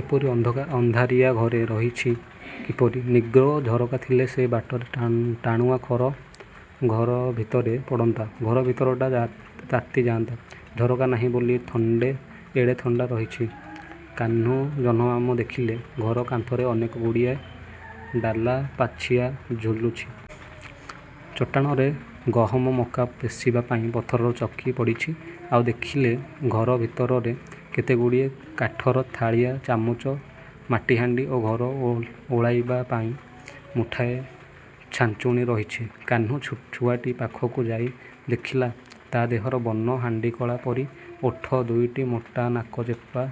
ଏପରି ଅନ୍ଧାରିଆ ଘରେ ରହିଛ କିପରି? ନିଗ୍ରୋ, ଝରକା ଥିଲେ ସେ ବାଟରେ ଟାଣୁଆ ଖରା ଘର ଭିତରେ ପଡ଼ନ୍ତା। ଘର ଭିତରଟା ତାତି ଯାଆନ୍ତା। ଝରକା ନାହିଁ ବୋଲି ଏଡ଼େ ଥଣ୍ଡା ରହିଛି। କାହ୍ନୁ ଜହ୍ନମାମୁଁ ଦେଖିଲେ ଘର କାନ୍ଥରେ ଅନେକ ଗୁଡ଼ିଏ ଡାଲା, ପାଛିଆ ଝୁଲୁଛି। ଚଟାଣରେ ଗହମ, ମକା ପେଷିବା ପାଇଁ ପଥରର ଚକି ପଡ଼ିଛି। ଆଉ ଦେଖିଲେ, ଘର ଭିତରେ କେତେଗୁଡ଼ିଏ କାଠର ଥାଳିଆ, ଚାମୁଚ, ମାଟିହାଣ୍ଡି ଓ ଘର ଓଳାଇବା ପାଇଁ ମୁଠାଏ ଛାଞ୍ଚୁଣୀ ରହିଛି। କାହ୍ନୁ ଛୁଆଟି ପାଖକୁ ଯାଇ ଦେଖିଲା, ତା' ଦେହର ବର୍ଣ୍ଣ ହାଣ୍ଡିକଳା ପରି, ଓଠ ଦୁଇଟି ମୋଟା, ନାକ ଚେପ୍ଟା,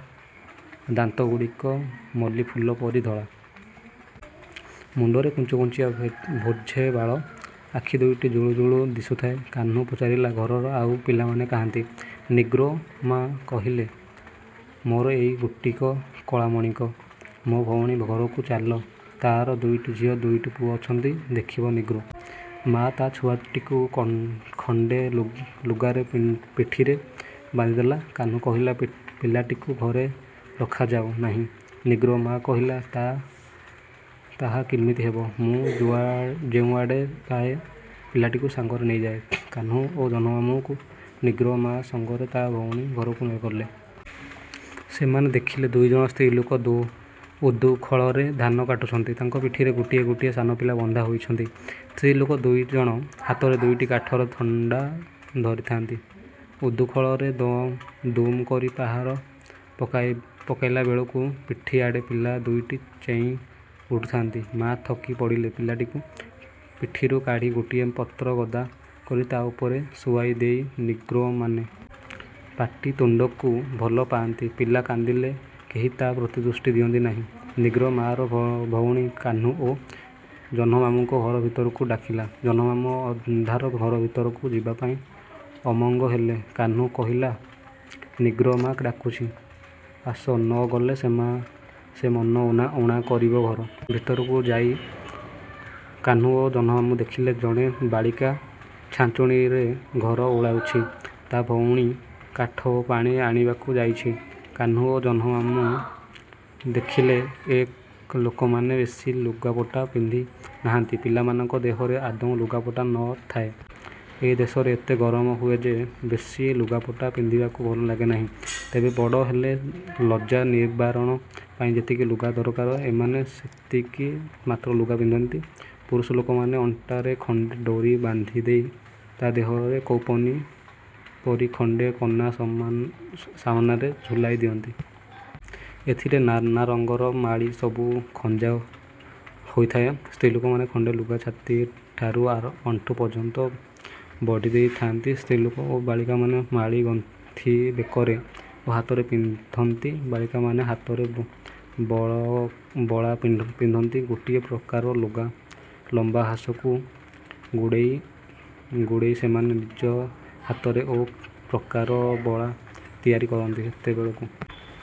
ଦାନ୍ତଗୁଡ଼ିକ ମଲ୍ଲୀଫୁଲ ପରି ଧଳା। ମୁଣ୍ଡରେ କୁଞ୍ଚୁକୁଞ୍ଚିଆ ବୋଝେ ବାଳ, ଆଖି ଦୁଇଟି ଜୁଳୁ ଜୁଳୁ ଦିଶୁଥାଏ। କାହ୍ନୁ ପଚାରିଲା, ଘରର ଆଉ ପିଲାମାନେ କାହାଁନ୍ତି? ନିଗ୍ରୋ ମା' କହିଲା, ମୋର ଏଇ ଗୋଟିକ କଳାମାଣିକ। ମୋ ଭଉଣୀ ଘରକୁ ଚାଲ। ତା'ର ଦୁଇଟି ଝିଅ ଦୁଇଟି ପୁଅ ଅଛନ୍ତି, ଦେଖିବ। ନିଗ୍ରୋ ମା' ତା' ଛୁଆଟିକୁ ଖଣ୍ଡେ ଲୁଗାରେ ପିଠିରେ ବାନ୍ଧିଦେଲା। କାହ୍ନୁ କହିଲା, ପିଲାଟିକୁ ଘରେ ରଖାଯାଉ ନାହଁ? ନିଗ୍ରୋ ମା' କହିଲା, ନା ତାହା କିମିତି ହେବ? ମୁଁ ଯେଉଁଆଡ଼େ ଯାଏ, ପିଲାଟିକୁ ସାଙ୍ଗରେ ନେଇଯାଏ। କାହ୍ନୁ ଓ ଜହ୍ନମାମୁଁ ନିଗ୍ରୋ ମା' ସାଙ୍ଗରେ ତା' ଭଉଣୀ ଘରକୁ ଗଲେ। ସେମାନେ ଦେଖିଲେ, ଦୁଇଜଣ ସ୍ତ୍ରୀଲୋକ ଉଦୁଖଳରେ ଧାନ କୁଟୁଛନ୍ତି। ତାଙ୍କ ପିଠିରେ ଗୋଟିଏ ଗୋଟିଏ ସାନପିଲା ବନ୍ଧା ହୋଇଛନ୍ତି। ସ୍ତ୍ରୀଲୋକ ଦୁଇଜଣ ହାତରେ ଦୁଇଟି କାଠର ଦଣ୍ଡା ଧରିଥାନ୍ତି। ଉଦୁଖଳରେ ଦୁମ୍ କରି ପାହାର ପକାଇଲା ବେଳକୁ ପିଠିଆଡ଼େ ପିଲା ଦୁଇଟି ଚେଇଁ ଉଠୁଥାନ୍ତି। ମା' ଥକି ପଡ଼ିଲେ ପିଲାଟିକୁ ପିଠିରୁ କାଢ଼ି ଗୋଟିଏ ପତ୍ରଗଦା କରି ତା'ଉପରେ ଶୁଆଇ ଦିଏ। ନିଗ୍ରୋମାନେ ପାଟିତୁଣ୍ଡକୁ ଭଲ ପାଆନ୍ତି। ପିଲା କାନ୍ଦିଲେ କେହି ତା' ପ୍ରତି ଦୃଷ୍ଟି ଦିଅନ୍ତି ନାହିଁ। ନିଗ୍ରୋ ମା'ର ଭଉଣୀ, କାହ୍ନୁ ଓ ଜହ୍ନମାମୁଁଙ୍କୁ ଘର ଭିତରକୁ ଡାକିଲା। ଜହ୍ନମାମୁଁ ଅନ୍ଧାର ଘର ଭିତରକୁ ଯିବାପାଇଁ ଅମଙ୍ଗ ହେଲେ। କାହ୍ନୁ କହିଲା, ନିଗ୍ରୋ ମା' ଡାକୁଛି। ଆସ, ନ ଗଲେ ସେ ମନ ଊଣା କରିବ। ଘର ଭିତରକୁ ଯାଇ କାହ୍ନୁ ଓ ଜହ୍ନମାମୁଁ ଦେଖିଲେ, ଜଣେ ବାଳିକା ଛାଞ୍ଚୁଣୀରେ ଘର ଓଳାଉଛି। ତା' ଭଉଣୀ କାଠ ଓ ପାଣି ଆଣିବାକୁ ଯାଇଛି। କାହ୍ନୁ ଓ ଜହ୍ନମାମୁଁ ଦେଖିଲେ ଏ ଲୋକମାନେ ବେଶି ଲୁଗାପଟା ପିନ୍ଧି ନାହାଁନ୍ତି। ପିଲାମାନଙ୍କ ଦେହରେ ଆଦୌ ଲୁଗାପଟା ନ ଥାଏ। ଏ ଦେଶରେ ଏତେ ଗରମ ହୁଏ ଯେ, ବେଶୀ ଲୁଗାପଟା ପିନ୍ଧିବାକୁ ଭଲ ଲାଗେ ନାହିଁ। ତେବେ ବଡ଼ ହେଲେ ଲଜ୍ଜା ନିବାରଣ ପାଇଁ ଯେତିକି ଲୁଗା ଦରକାର ଏମାନେ ସେତିକି ମାତ୍ର ଲୁଗା ପିନ୍ଧନ୍ତି। ପୁରୁଷ ଲୋକମାନେ ଅଣ୍ଟାରେ ଖଣ୍ଡେ ଡୋରି ବାନ୍ଧିଦେଇ ତା' ଦେହରୁ କୌପୀନ ପରି ଖଣ୍ଡେ କନା ସାମନାରେ ଝୁଲାଇ ଦିଅନ୍ତି। ଏଥିରେ ନାନାରଙ୍ଗର ମାଳିସବୁ ଖଞ୍ଜା ହୋଇଥାଏ। ସ୍ତ୍ରୀଲୋକମାନେ ଖଣ୍ଡେ ଲୁଗା ଛାତିଠାରୁ ଆଣ୍ଠୁ ପର୍ଯ୍ୟନ୍ତ ବେଢ଼ିଦେଇ ଥାଆନ୍ତି। ସ୍ତ୍ରୀଲୋକ ଓ ବାଳିକାମାନେ ମାଳି ଗୁନ୍ଥି ବେକରେ ଓ ହାତରେ ପିନ୍ଧନ୍ତି। ବାଳିକାମାନେ ହାତରେ ବଳା ପିନ୍ଧନ୍ତି। ଗୋଟାଏ ପ୍ରକାର ଲମ୍ବା ଘାସକୁ ଗୁଡ଼େଇ ଗୁଡ଼େଇ ସେମାନେ ନିଜ ହାତରେ ଏ ପ୍ରକାର ବଳା ତିଆରି କରନ୍ତି। ଏତେବେଳକୁ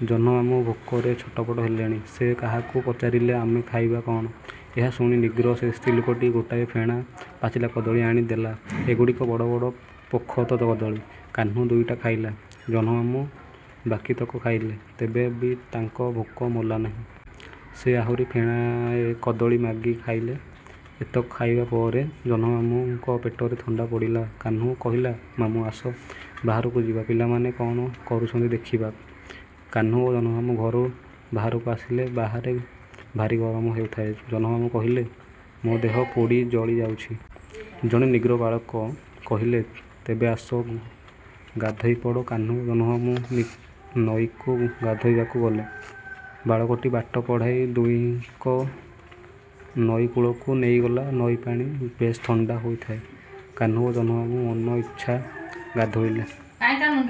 ଜହ୍ନମାମୁଁ ଭୋକରେ ଛଟପଟ ହେଲେଣି। ସେ କାହାକୁ ପଚାରିଲେ, ଆମେ ଖାଇବା କଅଣ? ଏହା ଶୁଣି ନିଗ୍ରୋ ସ୍ତ୍ରୀଲୋକଟି ଗୋଟାଏ ଫେଣା ପାଚିଲା କଦଳୀ ଆଣି ଦେଲା। ଏଗୁଡ଼ିକ ବଡ଼ ବଡ଼ ପୋଖତ କଦଳୀ। କାହ୍ନୁ ଦୁଇଟା ଖାଇଲା; ଜହ୍ନମାମୁଁ ବାକିତକ ଖାଇଲେ। ତେବେ ବି ତାଙ୍କ ଭୋକ ମଲା ନାହିଁ। ସେ ଆହୁରି ଫେଣାଏ କଦଳୀ ମାଗି ଖାଇଲେ। ଏତକ ଖାଇବା ପରେ ଜହ୍ନମାମୁଁଙ୍କ ପେଟ ଥଣ୍ଡା ପଡ଼ିଲା। କାହ୍ନୁ କହିଲା, ମାମୁଁ! ଆସ ବାହାରକୁ ଯିବା। ପିଲାମାନେ କ'ଣ କରୁଛନ୍ତି ଦେଖିବା। କାହ୍ନୁ ଓ ଜହ୍ନମାମୁଁ ଘରୁ ବାହାରକୁ ଆସିଲେ। ବାହାରେ ଭାରି ଗରମ ହେଉଥାଏ। ଜହ୍ନମାମୁଁ କହିଲେ, ମୋ ଦେହ ପୋଡ଼ି ଜଳି ଯାଉଛି। ଜଣେ ନିଗ୍ରୋ ବାଳକ କହିଲା, ତେବେ ଆସ, ଗାଧୋଇପଡ଼। କାହ୍ନୁ ଓ ଜହ୍ନମାମୁଁ ନଈକୁ ଗାଧୋଇବାକୁ ଗଲେ। ବାଳକଟି ବାଟ କଢ଼ାଇ ଦୁହିଁଙ୍କୁ ନଈକୂଳକୁ ନେଇଗଲା। ନଈପାଣି ବେଶ୍ ଥଣ୍ଡା ହୋଇଥାଏ। କାହ୍ନୁ ଓ ଜହ୍ନମାମୁଁ ମନଇଚ୍ଛା ଗାଧୋଇଲେ।